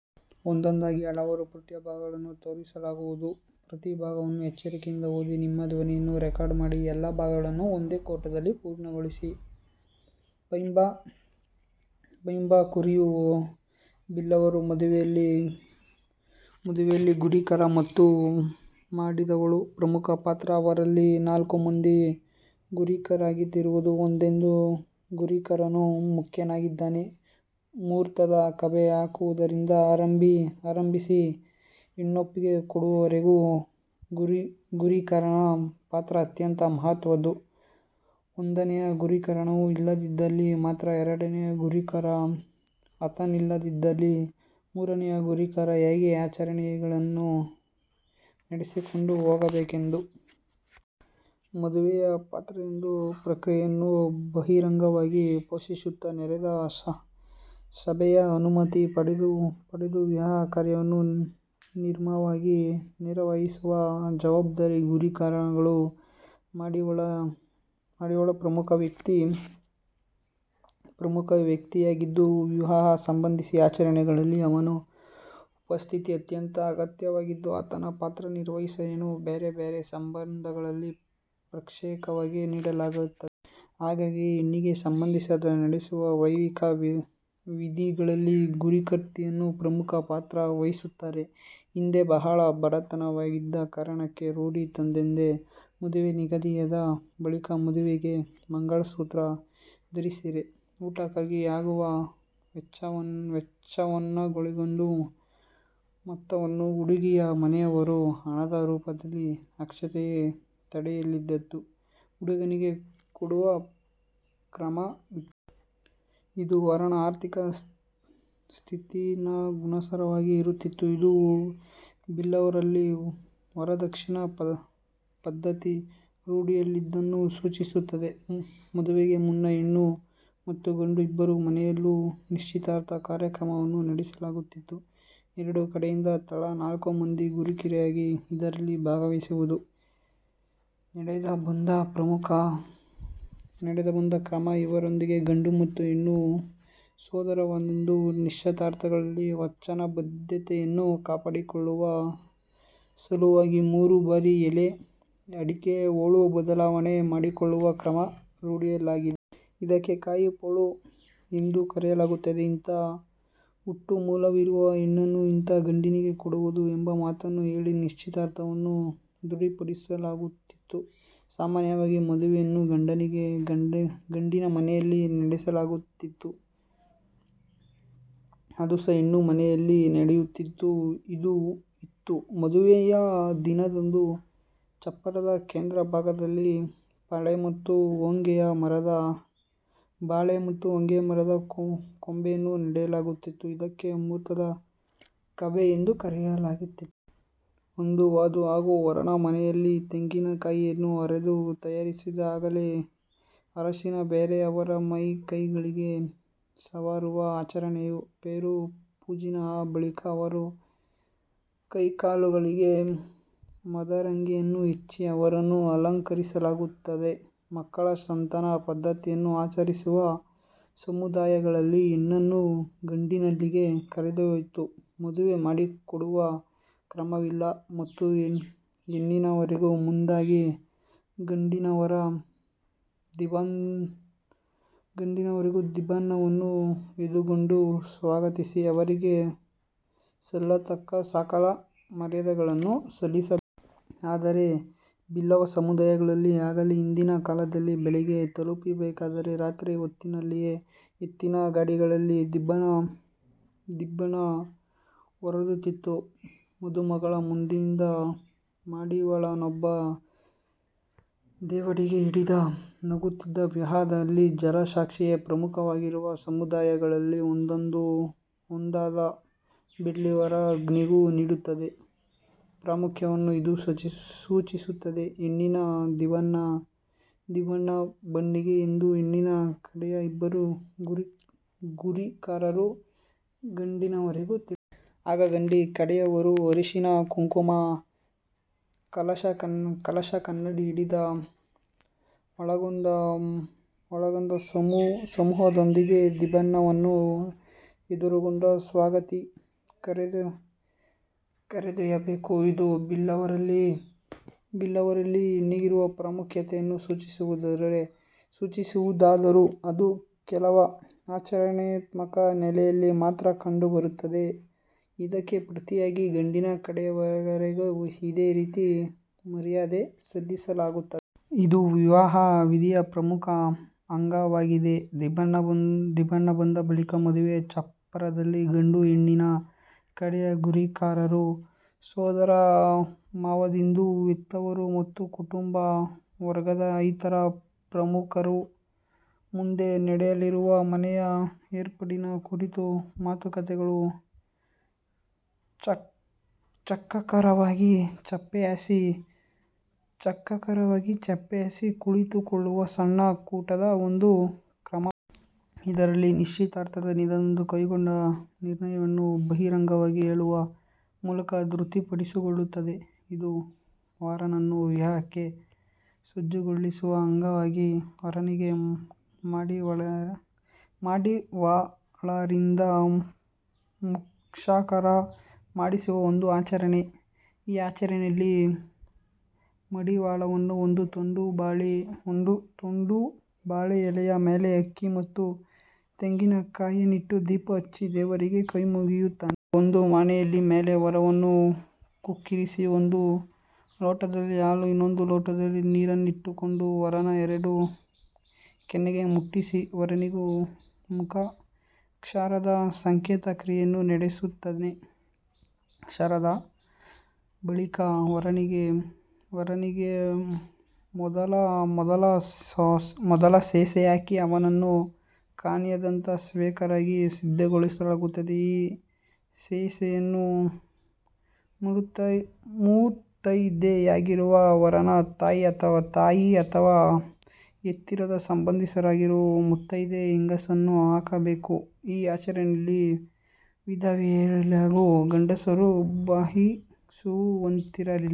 ಪೈಂಬ ಕುರಿಯ, ಬಿಲ್ಲವರ ಮದುವೆಯಲ್ಲಿ ಗುರಿಕಾರ ಮತ್ತು ಮಡಿವಾಳರದು ಪ್ರಮುಖ ಪಾತ್ರ. ಅವರಲ್ಲಿ ನಾಲ್ಕು ಮಂದಿ ಗುರಿಕಾರರಿರುತ್ತಿದ್ದು, ಒಂದನೆಯ ಗುರಿಕಾರನು ಮುಖ್ಯನಾಗಿದ್ದಾನೆ. ಮುಹೂರ್ತದ ಕಬೆ ಹಾಕುವುದರಿಂದ ಆರಂಭಿಸಿ, ಹೆಣ್ಣೊಪ್ಪಿಸಿ ಕೊಡುವವರೆಗೂ ಗುರಿಕಾರನ ಪಾತ್ರ ಅತ್ಯಂತ ಮಹತ್ವದ್ದು. ಒಂದನೆಯ ಗುರಿಕಾರನು ಇಲ್ಲದಿದ್ದಲ್ಲಿ ಮಾತ್ರ ಎರಡನೆಯ ಗುರಿಕಾರ, ಆತನಿಲ್ಲದಿದ್ದಲ್ಲಿ ಮೂರನೆಯ ಗುರಿಕಾರ ಹೀಗೆ ಆಚರಣೆಗಳನ್ನು ನಡೆಸಿಕೊಂಡು ಹೋಗಬೇಕಾಗಿತ್ತು. ಮದುವೆಯ ಪ್ರತಿಯೊಂದು ಪ್ರಕ್ರಿಯೆಯನ್ನು ಬಹಿರಂಗವಾಗಿ ಘೋಷಿಸುತ್ತ ನೆರೆದ ಸಭೆಯ ಅನುಮತಿ ಪಡೆದು ವಿವಾಹ ಕಾರ್ಯವನ್ನು ನಿರ್ವಿಘ್ನವಾಗಿ ನೆರೆವೇರಿಸುವ ಜವಾಬ್ದಾರಿ ಗುರಿಕಾರರದು. ಮಡಿವಾಳ ಇನ್ನೋರ್ವ ಪ್ರಮುಖ ವ್ಯಕ್ತಿಯಾಗಿದ್ದು, ವಿವಾಹ ಸಂಬಂಧಿ ಆಚರಣೆಗಳಲ್ಲಿ ಅವನ ಉಪಸ್ಥಿತಿ ಅತ್ಯಂತ ಅಗತ್ಯದ್ದಾಗಿತ್ತು. ಆತನ ಪಾತ್ರ ನಿರ್ವಹಣೆಯನ್ನು ಬೇರೆ ಬೇರೆ ಸಂದರ್ಭಗಳಲ್ಲಿ ಪ್ರತ್ಯೇಕವಾಗಿ ನೀಡಲಾಗಿದೆ. ಹಾಗೆಯೇ ಹೆಣ್ಣಿಗೆ ಸಂಬಂಧಿಸಿ ನಡೆಸುವ ವೈವಾಹಿಕ ವಿಧಿಗಳಲ್ಲಿ ಗುರಿಕಾರ್ತಿಯರು ಪ್ರಮುಖ ಪಾತ್ರ ವಹಿಸುತ್ತಾರೆ. ಹಿಂದೆ ಬಹಳ ಬಡತನವಿದ್ದ ಕಾರಣಕ್ಕೆ ರೂಢಿಗೆ ತಂದಂತೆ ಮದುವೆ ನಿಗದಿಯಾದ ಬಳಿಕ ವಧುವಿಗೆ ಮಂಗಲಸೂತ್ರ, ಧಾರೆಸೀರೆ, ಊಟಕ್ಕಾಗಿ ಆಗುವ ವೆಚ್ಚವನ್ನೊಳಗೊಂಡ ಮೊತ್ತವನ್ನು ಹುಡುಗಿಯ ಮನೆಯವರು ಹಣದ ರೂಪದಲ್ಲಿ ಅಕ್ಷತೆಯ ತಟ್ಟೆಯಲ್ಲಿಟ್ಟು ಹುಡುಗನಿಗೆ ಕೊಡುವ ಕ್ರಮವಿತ್ತು. ಇದು ವರನ ಆರ್ಥಿಕ ಸ್ಥಿತಿಗನುಸಾರವಾಗಿ ಇರುತ್ತಿತ್ತು. ಇದು ಬಿಲ್ಲವರಲ್ಲಿ ವರದಕ್ಷಿಣ ಪದ್ದತಿ ರೂಢಿಯಲ್ಲಿದ್ದುದನ್ನು ಸೂಚಿಸುತ್ತದೆ. ಮದುವೆಗೆ ಮುನ್ನ ಹೆಣ್ಣು ಮತ್ತು ಗಂಡು ಇಬ್ಬರ ಮನೆಯಲ್ಲೂ ನಿಶ್ಚಿತಾರ್ಥ ಕಾರ್ಯಕ್ರಮವನ್ನು ನಡೆಸಲಾಗುತ್ತಿತ್ತು. ಎರಡೂ ಕಡೆಯಿಂದ ತಲಾ ನಾಲ್ಕು ಮಂದಿ ಗುರಿಕಾರರು ಇದರಲ್ಲಿ ಭಾಗವಹಿಸುವುದು ನಡೆದುಬಂದ ಕ್ರಮ. ಇವರೊಂದಿಗೆ ಗಂಡು ಮತ್ತು ಹೆಣ್ಣಿನ ಸೋದರಮಾವಂದಿರು ನಿಶ್ಚಿತಾರ್ಥದಲ್ಲಿ ವಚನಬದ್ಧತೆಯನ್ನು ಕಾಪಾಡಿಕೊಳ್ಳುವ ಸಲುವಾಗಿ ಮೂರು ಬಾರಿ ಎಲೆ ಅಡಿಕೆ ಹೋಳು ಬದಲಾವಣೆ ಮಾಡಿಕೊಳ್ಳುವ ಕ್ರಮ ರೂಢಿಯಲ್ಲಿತ್ತು. ಇದಕ್ಕೆ "ಕಾಯಿ ಪೂಲು ಪಗಪ್ಪುನಿ" ಎಂದು ಕರೆಯಲಾಗುತ್ತಿತ್ತು. "ಇಂಥ ಹುಟ್ಟುಮೂಲವಿರುವ ಹೆಣ್ಣನ್ನು ಇಂಥ ಗಂಡಿಗೆ ಕೊಡುವುದು" ಎಂಬ ಮಾತನ್ನು ಹೇಳಿ ನಿಶ್ಚಿತಾರ್ಥವನ್ನು ದೃಢೀಪಡಿಸಲಾಗುತ್ತಿತ್ತು. ಸಾಮಾನ್ಯವಾಗಿ ಮದುವೆಯನ್ನು ಗಂಡಿನ ಮನೆಯಲ್ಲಿ ನಡೆಸಲಾಗುತ್ತಿದ್ದು, ಸ ಅಪೂರ್ವಕ್ಕೆಂಬಂತೆ ಅದುಸ ಹೆಣ್ಣಿನ ಮನೆಯಲ್ಲಿ ನಡೆಯುತ್ತಿದ್ದುದೂ ಇತ್ತು. ಮದುವೆಯ ದಿನದಂದು ಚಪ್ಪರದ ಕೇಂದ್ರ ಭಾಗದಲ್ಲಿ ಪಾಲೆ ಮತ್ತು ಹೊಂಗೆಯ ಮರದ ಕೊಂಬೆಯನ್ನು ನೆಡಲಾಗುತ್ತಿದ್ದು, ಇದಕ್ಕೆ "ಮುಹೂರ್ತದ ಕಬೆ" ಎಂದು ಕರೆಯುತ್ತಿದ್ದರು. ಅಂದು ವಧು ಹಾಗೂ ವರನ ಮನೆಯಲ್ಲಿ ತೆಂಗಿನ ಕಾಯಿಯನ್ನು ಅರೆದು ತಯಾರಿಸಿದ ಹಾಲಿಗೆ ಅರಸಿನ ಬೆರೆಸಿ ಅವರ ಮೈ ಕೈಗಳಿಗೆ ಸವರುವ ಆಚರಣೆಯೇ "ಪೇರು ಪೂಜುನಿ" ಆ ಬಳಿಕ ಅವರ ಕೈಕಾಲುಗಳಿಗೆ ಮದರಂಗಿಯನ್ನು ಹಚ್ಚಿ ಅವರನ್ನು ಅಲಂಕರಿಸಲಾಗುತ್ತದೆ. ಮಕ್ಕಳ ಸಂತಾನ ಪದ್ಧತಿಯನ್ನು ಆಚರಿಸುವ ಸಮುದಾಯಗಳಲ್ಲಿ ಹೆಣ್ಣನ್ನು ಗಂಡಿನಲ್ಲಿಗೆ ಕರೆದೊಯ್ದು ಮದುವೆ ಮಾಡಿಕೊಡುವ ಕ್ರಮವಿಲ್ಲ ಮತ್ತು ಹೆಣ್ಣಿನವರೇ ಮುಂದಾಗಿ ಗಂಡಿನವರ ದಿಬ್ಬಣವನ್ನು ಎದುರುಗೊಂಡು ಸ್ವಾಗತಿಸಿ, ಅವರಿಗೆ ಸಲ್ಲತಕ್ಕ ಸಕಲ ಮರ್ಯಾದೆಗಳನ್ನೂ ಸಲ್ಲಿಸಬೇಕು. ಆದರೆ ಬಿಲ್ಲವ ಸಮುದಾಯದಲ್ಲಿ ಹಾಗಿಲ್ಲ. ಹಿಂದಿನ ಕಾಲದಲ್ಲಿ ಬೆಳಿಗ್ಗೆ ತಲುಪಬೇಕಾದರೆ ರಾತ್ರಿ ಹೊತ್ತಿನಲ್ಲಿಯೇ ಎತ್ತಿನ ಗಾಡಿಗಳಲ್ಲಿ ದಿಬ್ಬಣ ಹೊರಡುತ್ತಿದ್ದು, ಮದುಮಗಳ ಮುಂದಿನಿಂದ ಮಡಿವಾಳನೊಬ್ಬ ದೀವಡಿಗೆ ಹಿಡಿದು ಸಾಗುತ್ತಿದ್ದ. ವಿವಾಹದಲ್ಲಿ ಜಲಸಾಕ್ಷಿಯೇ ಪ್ರಮುಖವಾಗಿರುವ ಸಮುದಾಯಗಳಲ್ಲಿ ಒಂದಾದ ಬಿಲ್ಲಿವರು ಅಗ್ನಿಗೂ ನೀಡುತ್ತಿದ್ದ ಪ್ರಾಮುಖ್ಯವನ್ನು ಇದು ಸಚಿಸುತ್ತದೆ. ಹೆಣ್ಣಿನ ದಿಬ್ಬಣ ಬಂದಿದೆ ಎಂದು ಹೆಣ್ಣಿನ ಕಡೆಯ ಇಬ್ಬರು ಗುರಿಕಾರರು ಗಂಡಿನವರಿಗೆ ತಿಳಿಸುತ್ತಾರೆ. ಆಗ ಗಂಡಿ ಕಡೆಯವರು ಅರಶಿನ-ಕುಂಕುಮ, ಕಲಶಕನ್ನಡಿ ಹಿಡಿದ ಮುತ್ತೈದೆಯರಿಂದ ಒಳಗೊಂಡ ಸಮೂಹದೊಂದಿಗೆ ದಿಬ್ಬಣ್ಣವನ್ನು ಎದುರುಗೊಂಡು ಸ್ವಾಗತಿಸಿ, ಕರೆದೊಯ್ಯಬೇಕು. ಇದು ಬಿಲ್ಲವರಲ್ಲಿ ಹೆಣ್ಣಿಗಿರುವ ಪ್ರಾಮುಖ್ಯತೆಯನ್ನು ಸೂಚಿಸುವುದಾದರೂ ಅದು ಕೇವಲ ಆಚರಣಾತ್ಮಕ ನೆಲೆಯಲ್ಲಿ ಮಾತ್ರ ಕಂಡು ಬರುತ್ತದೆ. ಇದಕ್ಕೆ ಪ್ರತಿಯಾಗಿ ಗಂಡಿನ ಕಡೆಯವರಿಗೂ ಇದೇ ರೀತಿಯ ಮರ್ಯಾದೆ ಸಲ್ಲಿಸಲಾಗುತ್ತದೆ. ಇದು ವಿವಾಹ ವಿಧಿಯ ಪ್ರಮುಖ ಅಂಗವಾಗಿದೆ. ದಿಬ್ಬಣ ಬಂದ ಬಳಿಕ ಮದುವೆಯ ಚಪ್ಪರದಲ್ಲಿ ಗಂಡು-ಹೆಣ್ಣಿನ ಕಡೆಯ ಗುರಿಕಾರರು, ಸೋದರ ಮಾವಂದಿರು, ಹೆತ್ತವರು ಮತ್ತು ಕುಟುಂಬ ವರ್ಗದ ಇತರ ಪ್ರಮುಖರು ಮುಂದೆ ನಡೆಯಲಿರುವ ಮನೆಯು ಏರ್ಪಾಡಿನ ಕುರಿತು ಮಾತುಕತೆಗೆ ಚೌಕಾಕಾರವಾಗಿ ಚಾಪೆ ಹಾಸಿ ಕುಳಿತುಕೊಳ್ಳುವ ಸಣ್ಣ ಕೂಟದ ಒಂದು ಕ್ರಮವಾಗಿದೆ. ಇದರಲ್ಲಿ ನಿಶ್ಷಿತಾರ್ಥದ ದಿನದಂದು ಕೈಗೊಂಡ ನಿರ್ಣಯಗಳನ್ನು ಬಹಿರಂಗವಾಗಿ ಹೇಳುವ ಮೂಲಕ ದೃಢೀಪಡಿಸಲಾಗುತ್ತದೆ. ಇದು ವರನನ್ನು ವಿವಾಹಕ್ಕೆ ಸಜ್ಜುಗೊಳಿಸುವ ಅಂಗವಾಗಿ ವರನಿಗೆ ಮಡಿವಾಳರಿಂದ ಮುಖಕ್ಷೌರ ಮಾಡಿಸುವ ಒಂದು ಆಚರಣೆ. ಈ ಆಚರಣೆಯಲ್ಲಿ ಮಡಿವಾಳನು ಒಂದು ತುಂಡು ಬಾಳೆ ಎಲೆಯ ಮೇಲೆ ಅಕ್ಕಿ ಮತ್ತು ತೆಂಗಿನಕಾಯಿಗಳನ್ನಿಟ್ಟು ದೀಪ ಹಚ್ಚಿ ದೇವರಿಗೆ ಕೈಮುಗಿಯುತ್ತಾನೆ. ಬಳಿಕ ಒಂದು ಮಣೆಯ ಮೇಲೆ ವರನನ್ನು ಕುಳ್ಳಿರಿಸಿ ಒಂದು ಲೋಟದಲ್ಲಿ ಹಾಲು ಇನ್ನೊಂದು ಲೋಟದಲ್ಲಿ ನೀರನ್ನಿಟ್ಟುಕೊಂಡು ವರನ ಎರಡೂ ಕೆನ್ನೆಗೆ ಮುಟ್ಟಿಸಿ ವರನಿಗೆ ಮುಖ ಕ್ಷೌರದ ಸಾಂಕೇತಕ ಕ್ರಿಯೆಯನ್ನು ನಡೆಸುತ್ತಾನೆ. ಕ್ಷೌರದ ಬಳಿಕ ವರನಿಗೆ ಮೋಂದಲ್ ಸೇಸೆ ಹಾಕಿ ಅವನನ್ನು ಕನ್ಯಾದಾನ ಸ್ವೀಕಾರಕ್ಕೆ ಸಿದ್ಧಗೊಳಿಸಲಾಗುತ್ತದೆ. ಈ ಸೇಸೆಯನ್ನು ಮುತ್ತೈದೆಯಾಗಿರುವ ವರನ ತಾಯಿ ಅಥವಾ ಹತ್ತಿರದ ಸಂಬಂಧಿಯಾಗಿರುವ ಮುತ್ತೈದೆ ಹೆಂಗಸು ಹಾಕಬೇಕು. ಈ ಆಚರಣೆಯಲ್ಲಿ ವಿಧವೆಯರು ಹಾಗೂ ಗಂಡಸರು ಭಾಗವಹಿಸುವಂತಿರಲಿಲ್ಲ.